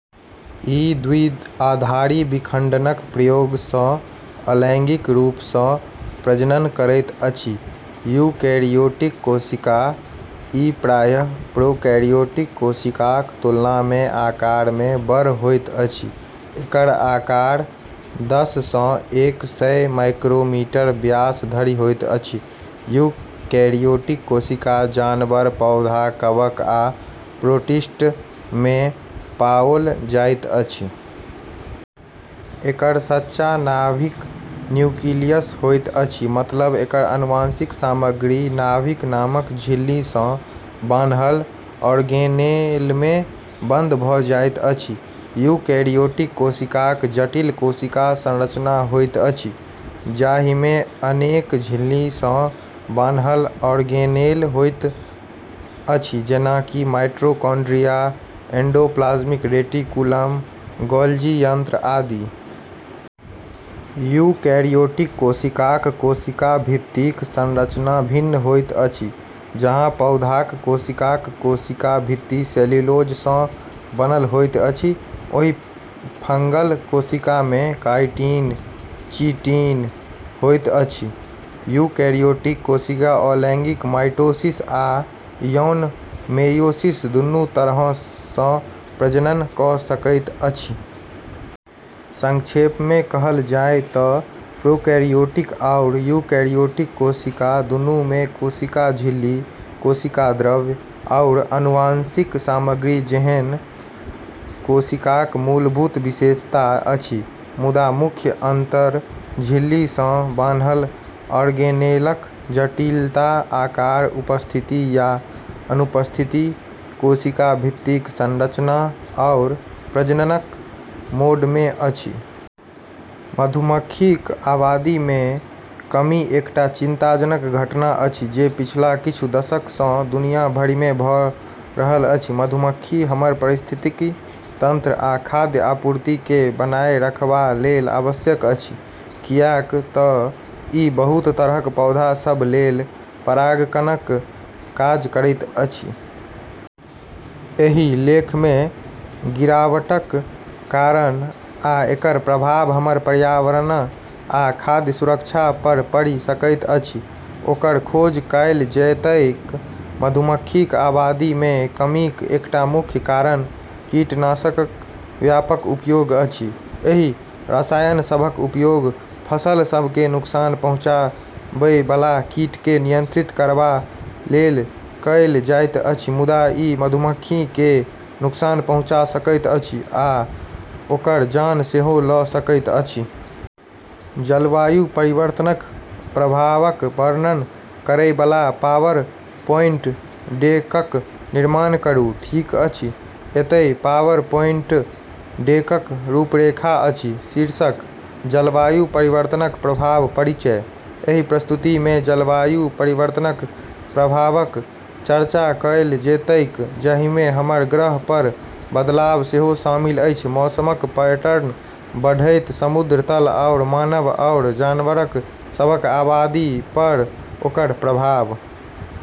ई द्विआधारी विखंडनक प्रयोगसँ अलैंगिक रूपसँ प्रजनन करैत अछि। यूकेरियोटिक कोशिका: ई प्रायः प्रोकैरियोटिक कोशिकाक तुलनामे आकारमे बड़ होइत अछि। एकर आकार दससँ एक सय माइक्रोमीटर व्यास धरि होइत अछि। यूकेरियोटिक कोशिका जनावर, पौधा, कवक, आ प्रोटिस्टमे पाओल जाइत अछि। एकर सच्चा नाभिक न्यूक्लियस होइत अछि, मतलब एकर आनुवंशिक सामग्री नाभिक नामक झिल्लीसँ बान्हल ऑर्गेनेलमे बंद भऽ जाइत अछि। यूकेरियोटिक कोशिकाक जटिल कोशिका संरचना होइत अछि जाहिमे अनेक झिल्लीसँ बान्हल ऑर्गेनेल होइत अछि जेना कि माइटोकॉन्ड्रिया, एंडोप्लाज्मिक रेटिक्युलम, गोल्गी यंत्र आदि। यूकेरियोटिक कोशिकाक कोशिका भित्तिक संरचना भिन्न होइत अछि। जहाँ पौधाक कोशिकाक कोशिका भित्ति सेल्यूलोजसँ बनल होइत अछि, ओही फंगल कोशिकामे काइटिन चिटिन होइत अछि। यूकेरियोटिक कोशिका अलैंगिक माइटोसिस आ यौन मेयोसिस दुनू तरहसँ प्रजनन कऽ सकैत अछि। संक्षेपमे कहल जाय तँ प्रोकैरियोटिक आओर यूकेरियोटिक कोशिका दूनूमे कोशिका झिल्ली, कोशिका द्रव्य, आओर आनुवंशिक सामग्री जेहन कोशिकाक मूलभूत विशेषता अछि, मुदा मुख्य अंतर झिल्लीसँ बान्हल ऑर्गेनेलक जटिलता, आकार, उपस्थिति या अनुपस्थिति, कोशिका भित्तिक संरचना आओर प्रजननक मोडमे अछि। मधुमक्खीक आबादीमे कमी एकटा चिंताजनक घटना अछि जे पिछला किछु दशकसँ दुनिया भरिमे भऽ रहल अछि। मधुमक्खी हमर पारिस्थितिकी तंत्र आ खाद्य आपूर्तिकेँ बनाए रखबा लेल आवश्यक अछि, कियाक तँ ई बहुत तरहक पौधा सभ लेल परागणकक काज करैत अछि। एहि लेखमे गिरावटक कारण आ एकर प्रभाव हमर पर्यावरण आ खाद्य सुरक्षा पर पड़ि सकैत अछि, ओकर खोज कएल जेतैक। मधुमक्खीक आबादीमे कमीक एकटा मुख्य कारण कीटनाशकक व्यापक उपयोग अछि। एहि रसायन सभक उपयोग फसल सभकेँ नुकसान पहुँचाबैबला कीटकेँ नियंत्रित करबा लेल कएल जाइत अछि, मुदा ई मधुमक्खीकेँ नुकसान पहुँचा सकैत अछि आ ओकर जान सेहो लऽ सकैत अछि। जलवायु परिवर्तनक प्रभावक वर्णन करैबला पावरपोइन्ट डेकक निर्माण करू। ठीक अछि, एतए पावरपोइन्ट डेकक रूपरेखा अछि: शीर्षक: जलवायु परिवर्तनक प्रभाव परिचय: एहि प्रस्तुतिमे जलवायु परिवर्तनक प्रभावक चर्चा कएल जेतैक, जाहिमे हमर ग्रह पर बदलाव सेहो शामिल अछि - मौसमक पैटर्न, बढ़ैत समुद्र तल, आओर मानव आओर जनावर सभक आबादी पर ओकर प्रभाव।